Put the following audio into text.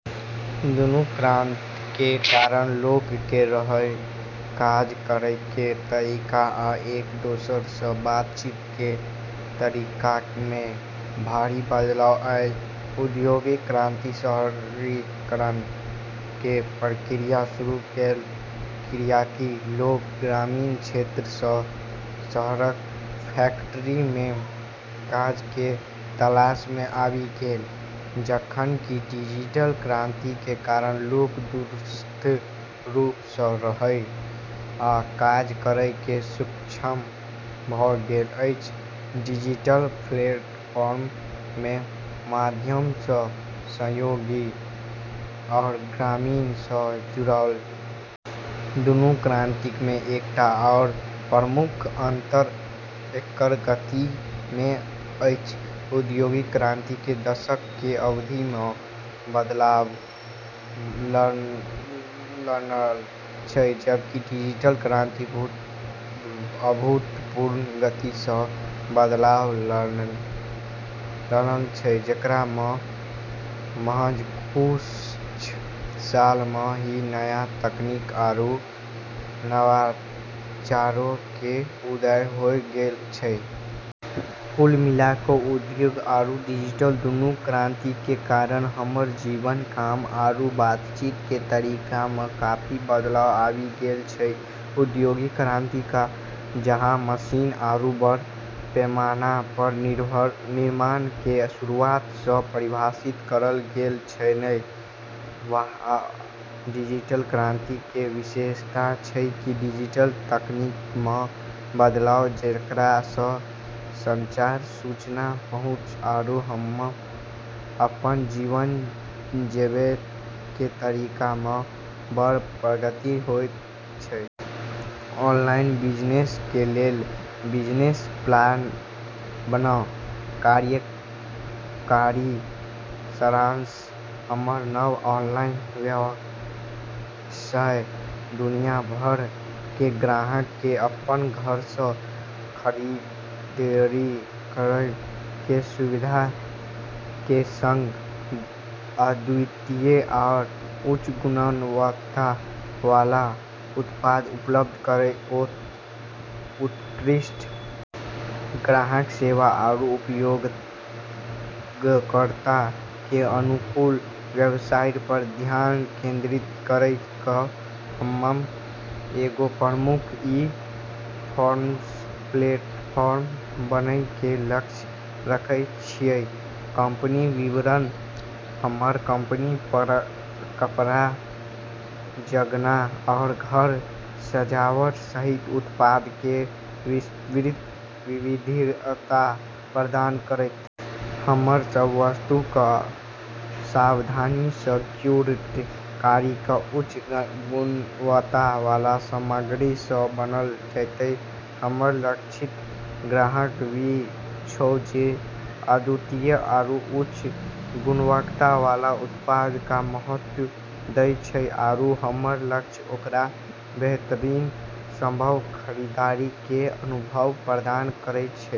दुनू क्रान्ति के कारण लोक के रहय, काज करय के तरीका आ एक दोसरा सऽ बातचीत के तरीका मे भारी बदलाव आयल ।औद्योगिक क्रांति शहरीकरण के प्रक्रिया शुरू केलक, कियाकि लोक ग्रामीण क्षेत्र सऽ शहरक फैक्ट्री में काज के तलाश में आबि गेल, जखन कि डिजिटल क्रांति के कारण लोक दूरस्थ रूप सऽ रहय आ काज करय में सक्षम भऽ गेल अछि, डिजिटल प्लेटफॉर्म के माध्यम सऽ सहयोगी आ ग्राहक सऽ जुड़ल। दुनू क्रान्ति मे एकटा आओर प्रमुख अंतर एकर गति मे अछि। औद्योगिक क्रांति दशकऽ के अवधि मऽ बदलाव लानल छै, जबकि डिजिटल क्रांति अभूतपूर्व गति सऽ बदलाव लानल छै, जेकरा मऽ महज कुछ साल मऽ ही नया तकनीक आरू नवाचारो के उदय होय गेलऽ छै। कुल मिला कऽ औद्योगिक आरू डिजिटल दोनों क्रांति के कारण हमरऽ जीवन, काम आरू बातचीत के तरीका मऽ काफी बदलाव आबी गेलऽ छै। औद्योगिक क्रांति कऽ जहाँ मशीन आरू बड़ऽ पैमाना पर निर्माण के शुरूआत सऽ परिभाषित करलऽ गेलऽ छेलै, वैह डिजिटल क्रांति के विशेषता छै कि डिजिटल तकनीक मऽ बदलाव, जेकरा सऽ संचार, सूचना पहुँच आरू हम्म अपनऽ जीवन जीबै के तरीका मऽ बड़ऽ प्रगति होय छै। ऑनलाइन बिजनेस के लेल बिजनेस प्लान बनाउ। कार्यकारी सारांश: हमर नव ऑनलाइन व्यवसाय दुनिया भर के ग्राहक के अपन घर सऽ खरीदारी करय के सुविधा के संग अद्वितीय आ उच्च गुणवत्ता वाला उत्पाद उपलब्ध कराओत ।उत्कृष्ट ग्राहक सेवा आरू उपयोगकर्ता के अनुकूल वेबसाइट पर ध्यान केंद्रित करी कऽ हम्म एगो प्रमुख ई-कॉमर्स प्लेटफॉर्म बनै के लक्ष्य रखै छियै। कंपनी विवरण: हमर कंपनी कपड़ा, गहना, आ घर सजावट सहित उत्पाद के विस्तृत विविधता प्रदान करत। हमरऽ सब वस्तु कऽ सावधानी सऽ क्यूरेट करी कऽ उच्च गुणवत्ता वाला सामग्री सऽ बनलऽ जैतै। हमरऽ लक्षित ग्राहक वू छै जे अद्वितीय आरू उच्च गुणवत्ता वाला उत्पाद कऽ महत्व दै छै, आरू हमर लक्ष्य ओकरा बेहतरीन संभव खरीदारी के अनुभव प्रदान करनाइ छै।